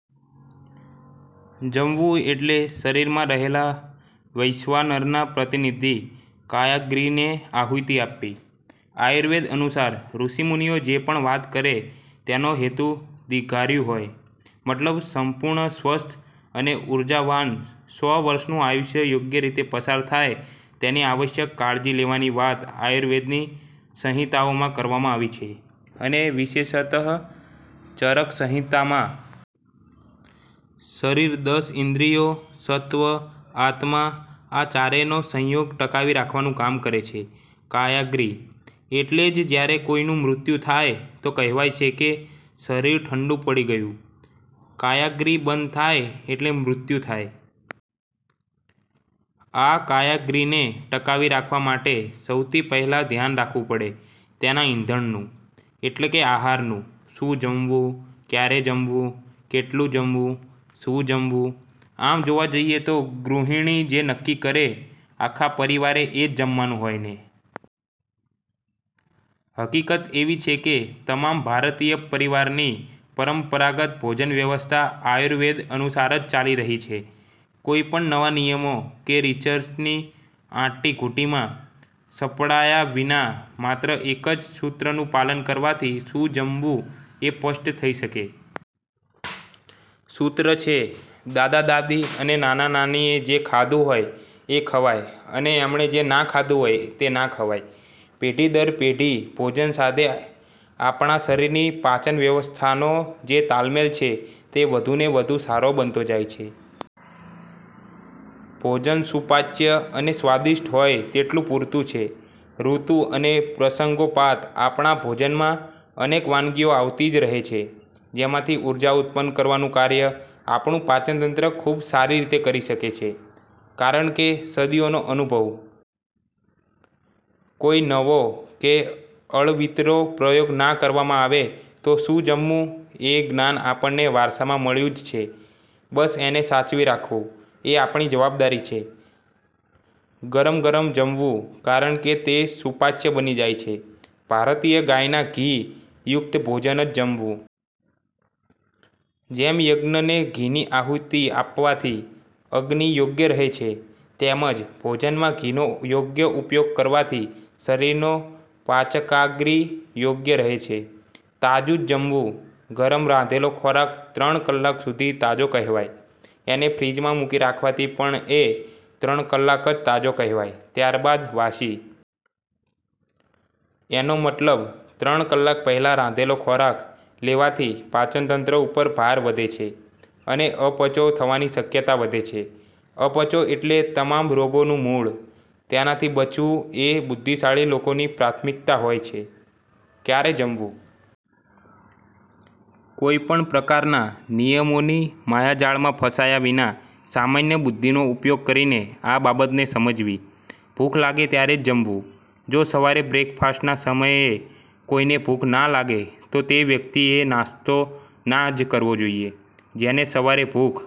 જમવું એટલે શરીરમાં રહેલા વૈશ્વાનરના પ્રતિનિધિ કાયાગ્નિને આહુતિ આપવી. આયુર્વેદ અનુસાર ઋષિમુનિઓ જે પણ વાત કરે તેનો હેતુ દીર્ઘાયુ હોય. મતલબ, સંપૂર્ણ સ્વસ્થ અને ઉર્જાવાન સો વર્ષનું આયુષ્ય યોગ્ય રીતે પસાર થાય તેની આવશ્યક કાળજી લેવાની વાત આયુર્વેદની સંહિતાઓમાં કરવામાં આવી છે અને વિશેષતઃ ચરકસંહિતામાં. શરીર દસ ઇન્દ્રિયો, સત્વ, આત્મા – આ ચારેયનો સંયોગ ટકાવી રાખવાનું કામ કરે છે કાયાગ્નિ. એટલે જ જ્યારે કોઈનું મૃત્યુ થાય તો કહેવાય છે કે "શરીર ઠંડુ પડી ગયું". કાયાગ્નિ બંધ થાય એટલે મૃત્યુ થાય. આ કાયાગ્નિને ટકાવી રાખવા માટે સૌથી પહેલાં ધ્યાન રાખવું પડે તેના ઇંધણનું – એટલે કે આહારનું. શું જમવું? ક્યારે જમવું? કેટલું જમવું? શું જમવું – આમ જોવા જઈએ તો ગૃહિણી જે નક્કી કરે, આખા પરિવારે એ જ જમવાનું હોયને! હકીકત એવી છે કે તમામ ભારતીય પરિવારની પરંપરાગત ભોજનવ્યવસ્થા આયુર્વેદ અનુસાર જ ચાલી રહી છે. કોઈ પણ નવા નિયમો કે રિસર્ચની આંટીઘૂંટીમાં સપડાયા વિના માત્ર એક જ સૂત્રનું પાલન કરવાથી શું જમવું એ સ્પષ્ટ થઈ જશે. સૂત્ર છે: દાદા-દાદી અને નાના-નાનીએ જે ખાધું હોય એ ખવાય અને એમણે જે ના ખાધું હોય તે ના ખવાય. પેઢી દર પેઢી ભોજન સાથે આપણા શરીરની પાચન વ્યવસ્થાનો જે તાલમેલ છે તે વધુને વધુ સારો બનતો જાય છે. ભોજન સુપાચ્ય અને સ્વાદિષ્ટ હોય તેટલું પૂરતું છે. ઋતુ અને પ્રસંગોપાત આપણા ભોજનમાં અનેક વાનગીઓ આવતી જ રહે છે. જેમાંથી ઉર્જા ઉત્પન્ન કરવાનું કાર્ય આપણું પાચનતંત્ર ખૂબ સારી રીતે કરી શકે છે, કારણ છે સદીઓનો અનુભવ. કોઈ નવો કે અળવીતરો પ્રયોગ ના કરવામાં આવે તો શું જમવું એ જ્ઞાન આપણને વારસામાં મળ્યું જ છે, બસ એને સાચવી રાખવું એ આપણી જવાબદારી છે. ગરમગરમજમવું, કારણકે તે સુપાચ્ય બની જાય છે. ભારતીય ગાયના ઘી યુક્ત ભોજન જ જમવું. જેમ યજ્ઞને ઘીની આહુતી આપવાથી અગ્નિ યોગ્ય રહે છે, તેમજ ભોજનમાં ઘીનો યોગ્ય ઉપયોગ કરવાથી શરીરનો પાચકાગ્નિ યોગ્ય રહે છે. તાજું જ જમવું. ગરમ રાંધેલો ખોરાક ત્રણ કલાક સુધી તાજો કહેવાય. એને ફ્રીઝમાં મૂકી રાખવાથી પણ એ ત્રણ કલાક જ તાજો કહેવાય, ત્યારબાદ વાસી. એનો મતલબ, ત્રણ કલાક પહેલાં રાંધેલો ખોરાક લેવાથી પાચનતંત્ર ઉપર ભાર વધે છે અને અપચો થવાની શક્યતા વધે છે. અપચો એટલે તમામ રોગોનું મૂળ. તેનાથી બચવું એ બુદ્ધિશાળી લોકોની પ્રાથમિકતા હોય છે. ક્યારે જમવું? કોઈ પણ પ્રકારના નિયમોની માયાજાળમાં ફસાયા વિના, સામાન્ય બુદ્ધિનો ઉપયોગ કરીને આ બાબતને સમજવી. "ભૂખ લાગે ત્યારે જ જમવું". જો સવારે બ્રેકફાસ્ટના સમયે કોઈને ભૂખ ના લાગે તો તેવ્યક્તિએ નાસ્તો ના જ કરવો જોઈએ. જેને સવારે ભૂખ